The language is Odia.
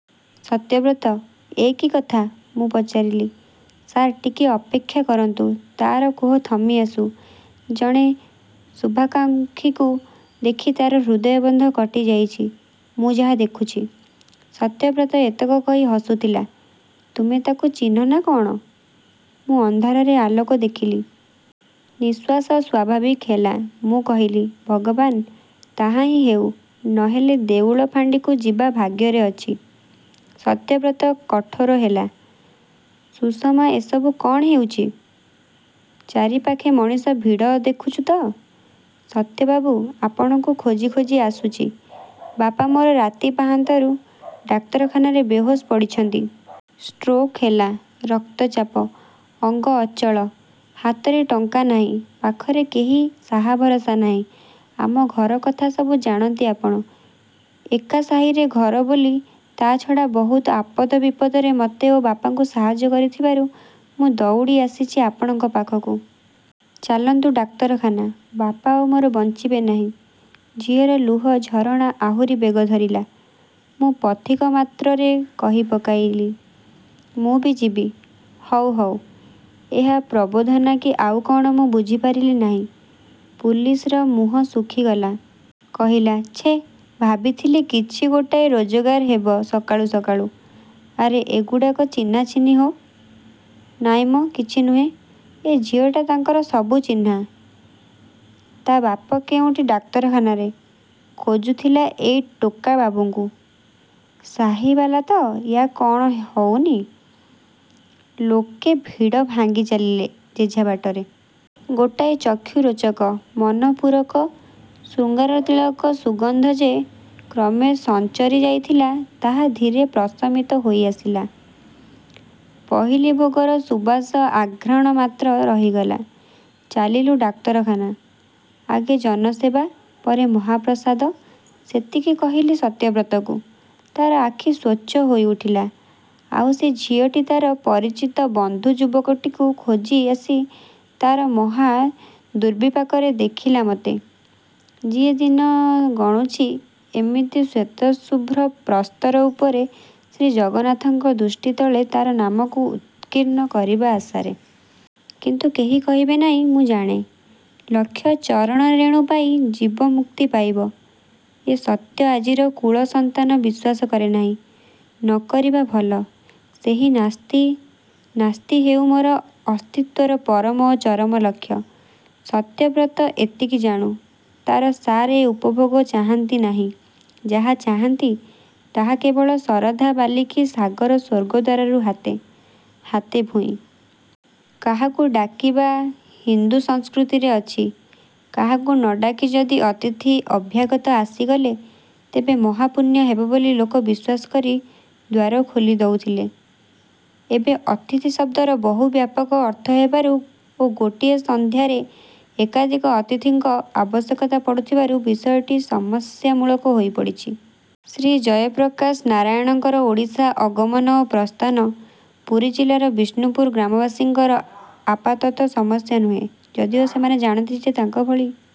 -'ସତ୍ୟବ୍ରତ ଏ କି କଥା? ' ମୁଁ ପଚାରିଲି। -ସାର୍ ଟିକିଏ ଅପେକ୍ଷା କରନ୍ତୁ, ତାର କୋହ ଥମିଆସୁ। ଜଣେ ଶୁଭାକାଙ୍କ୍ଷୀକୁ ଦେଖି ତାର ହୃଦୟବନ୍ଧ କଟିଯାଇଛି-ମୁଁ ଯାହା ଦେଖୁଛି। ସତ୍ୟବ୍ରତ ଏତକ କହି ହସୁଥିଲା। -'ତୁମେ ତାକୁ ଚିହ୍ନ ନା କଅଣ? ' ମୁଁ ଅନ୍ଧାରରେ ଆଲୋକ ଦେଖିଲି। ନିଃଶ୍ୱାସ ସ୍ଵାଭାବିକ ହେଲା। ମୁଁ କହିଲି–ଭଗବାନ, ତାହାହିଁ ହେଉ, ନହେଲେ ଦେଉଳ ଫାଣ୍ଡିକୁ ଯିବା ଭାଗ୍ୟରେ ଅଛି। ସତ୍ୟବ୍ରତ କଠୋର ହେଲା–'ସୁଷମା, ଏସବୁ କଅଣ ହେଉଚି? ଚାରିପାଖେ ମଣିଷ ଭିଡ଼ ଦେଖୁଛୁ ତ? ' -'ସତ୍ୟବାବୁ, ଆପଣଙ୍କୁ ଖୋଜି ଖୋଜି ଆସୁଛି। ବାପା ମୋର ରାତି ପାହାନ୍ତାରୁ ଡାକ୍ତରଖାନାରେ ବେହୋସ୍ ପଡ଼ିଛନ୍ତି। ଷ୍ଟ୍ରୋକ ହେଲା। ରକ୍ତଚାପ। ଅଙ୍ଗ ଅଚଳ। ହାତରେ ଟଙ୍କା ନାହିଁ, ପାଖରେ କେହି ସାହା ଭରସା ନାହିଁ। ଆମ ଘର କଥା ସବୁ ଜାଣନ୍ତି ଆପଣ। ଏକା ସାହିରେ ଘର ବୋଲି-ତା' ଛଡ଼ା ବହୁତ ଆପଦ ବିପଦରେ ମତେ ଓ ବାପାଙ୍କୁ ସାହାଯ୍ୟ କରିଥିବାରୁ ମୁଁ ଦଉଡ଼ି ଆସିଛି ଆପଣଙ୍କ ପାଖକୁ। ଚାଲନ୍ତୁ ଡାକ୍ତରଖାନା। ବାପା ଆଉ ମୋର ବଞ୍ଚିବେ ନାହିଁ।। ' ଝିଅର ଲୁହ ଝରଣା ଆହୁରି ବେଗ ଧରିଲା। ମୁଁ ପଥିକ ମାତ୍ରରେ କହିପକାଇଲି–'ମୁଁ ବି ଯିବି, ହଉ… ହଉ… ' ଏହା ପ୍ରବୋଧନା କି ଆଉ କଅଣ ମୁଁ ବୁଝିପାରିଲିନାହିଁ। ପୁଲିସର ମୁହଁ ଶୁଖିଗଲା। କହିଲା–ଛେଃ, ଭାବିଥିଲି କିଛି ଗୋଟାଏ ରୋଜଗାର ହେବ ସକାଳୁ ସକାଳୁ। ଆରେ ଏଗୁଡ଼ାକ ଚିହ୍ନାଚିହ୍ନି ହୋ… 'ନାଇଁମ କିଛି ନୁହେଁ, ଏ ଝିଅଟା ତାଙ୍କର ସବୁ ଚିହ୍ନା। ତା ବାପ କେଉଁଠି ଡାକ୍ତରଖାନାରେ। ଖୋଜୁଥିଲା ଏଇ ଟୋକା ବାବୁଙ୍କୁ। ସାହି ବାଲାତ-ୟା କଅଣ ହଉନି? ' ଲୋକେ ଭିଡ଼ ଭାଙ୍ଗି ଚାଲିଲେ ଯେଝା ବାଟରେ। ଗୋଟାଏ ଚକ୍ଷୁ-ରୋଚକ, ମନପୂରକ ଶୃଙ୍ଗାରତିଳକ ସୁଗନ୍ଧ ଯେ କ୍ରମେ ସଞ୍ଚରିଯାଇଥିଲା, ତାହା ଧୀରେ ପ୍ରଶମିତ ହୋଇଆସିଲ। ପହଲିଭୋଗର ସୁବାସ ଆଘ୍ରାଣ ମାତ୍ର ରହିଗଲା। ଚାଲିଲୁ ଡାକ୍ତରଖାନା। ଆଗେ ଜନସେବା; ପରେ ମହାପ୍ରସାଦ–ସେତିକି କହିଲି ସତ୍ୟବ୍ରତକୁ। ତାର ଆଖି ସ୍ୱଚ୍ଛ ହୋଇଉଠିଲା, ଆଉ ସେ ଝିଅଟି ତାର ପରିଚିତ ବନ୍ଧୁ ଯୁବକଟିକୁ ଖୋଜି ଆସି ତାର ମହା ଦୂର୍ବିପାକରେ ଦେଖିଲା ମତେ, ଯିଏ ଦିନ ଗଣୁଛି ଏମିତି ଶ୍ୱେତ ଶୁଭ୍ର ପ୍ରସ୍ତର ଉପରେ ଶ୍ରୀ ଜଗନ୍ନାଥଙ୍କ ଦୃଷ୍ଟି ତଳେ ତାର ନାମକୁ ଉତ୍କୀର୍ଣ୍ଣ କରିବା ଆଶାରେ। କିନ୍ତୁ କେହି କହିବେ ନାହିଁ, ମୁଁ ଜାଣେ। ଲକ୍ଷ ଚରଣରେଣୁ ପାଇ ଜୀବ ମୁକ୍ତି ପାଇବ, ଏ ସତ୍ୟ ଆଜିର କୁଳ-ସନ୍ତାନ ବିଶ୍ୱାସ କରେନାହିଁ। ନକରିବା ଭଲ। ସେହି ନାସ୍ତି… ନାସ୍ତି ହେଉ ମୋର ଅସ୍ତିତ୍ଵର ପରମ ଓ ଚରମ ଲକ୍ଷ୍ୟ। ସତ୍ୟବ୍ରତ ଏତିକି ଜାଣୁ, ତାର ସାର୍ ଏ ଉପଭୋଗ ଚାହାନ୍ତି ନାହିଁ, ଯାହା ଚାହାନ୍ତି, ତାହା କେବଳ ଶରଧା ବାଲି କି ସାଗର ସ୍ଵର୍ଗଦ୍ଵାରରୁ ହାତେ… ହାତେ ଭୂଇଁ। କାହାକୁଡ଼ାକିବା ହିନ୍ଦୁ ସଂସ୍କୃତିରେ ଅଛି, କାହାକୁ ନଡ଼ାକି ଯଦି ଅତିଥି ଅଭ୍ୟାଗତ ଆସିଗଲେ, ତେବେ ମହାପୁଣ୍ୟ ହେବ ବୋଲି ଲୋକ ବିଶ୍ୱାସ କରି ଦ୍ୱାର ଖୋଲିଦଉଥିଲେ। ଏବେ ଅତିଥି ଶବ୍ଦର ବହୁ ବ୍ୟାପକ ଅର୍ଥ ହେବାରୁ ଓ ଗୋଟିଏ ସନ୍ଧ୍ୟାରେ ଏକାଧିକ ଅତିଥିଙ୍କ ଆବଶ୍ୟକତା ପଡ଼ୁଥିବାରୁ, ବିଷୟଟି ସମସ୍ୟା ମୂଳକ ହୋଇପଡ଼ିଛି। ଶ୍ରୀ ଜୟପ୍ରକାଶ ନାରାୟଣଙ୍କର ଓଡ଼ିଶା ଅଗମନ ଓ ପ୍ରସ୍ଥାନ ପୁରୀ ଜିଲ୍ଲାର ବିଷ୍ଣୁପୁର ଗ୍ରାମବାସୀଙ୍କର ଆପାତତଃ ସମସ୍ୟା ନୁହେଁ, ଯଦିଓ ସେମାନେ ଜାଣନ୍ତି ଯେ, ତାଙ୍କ ଭଳି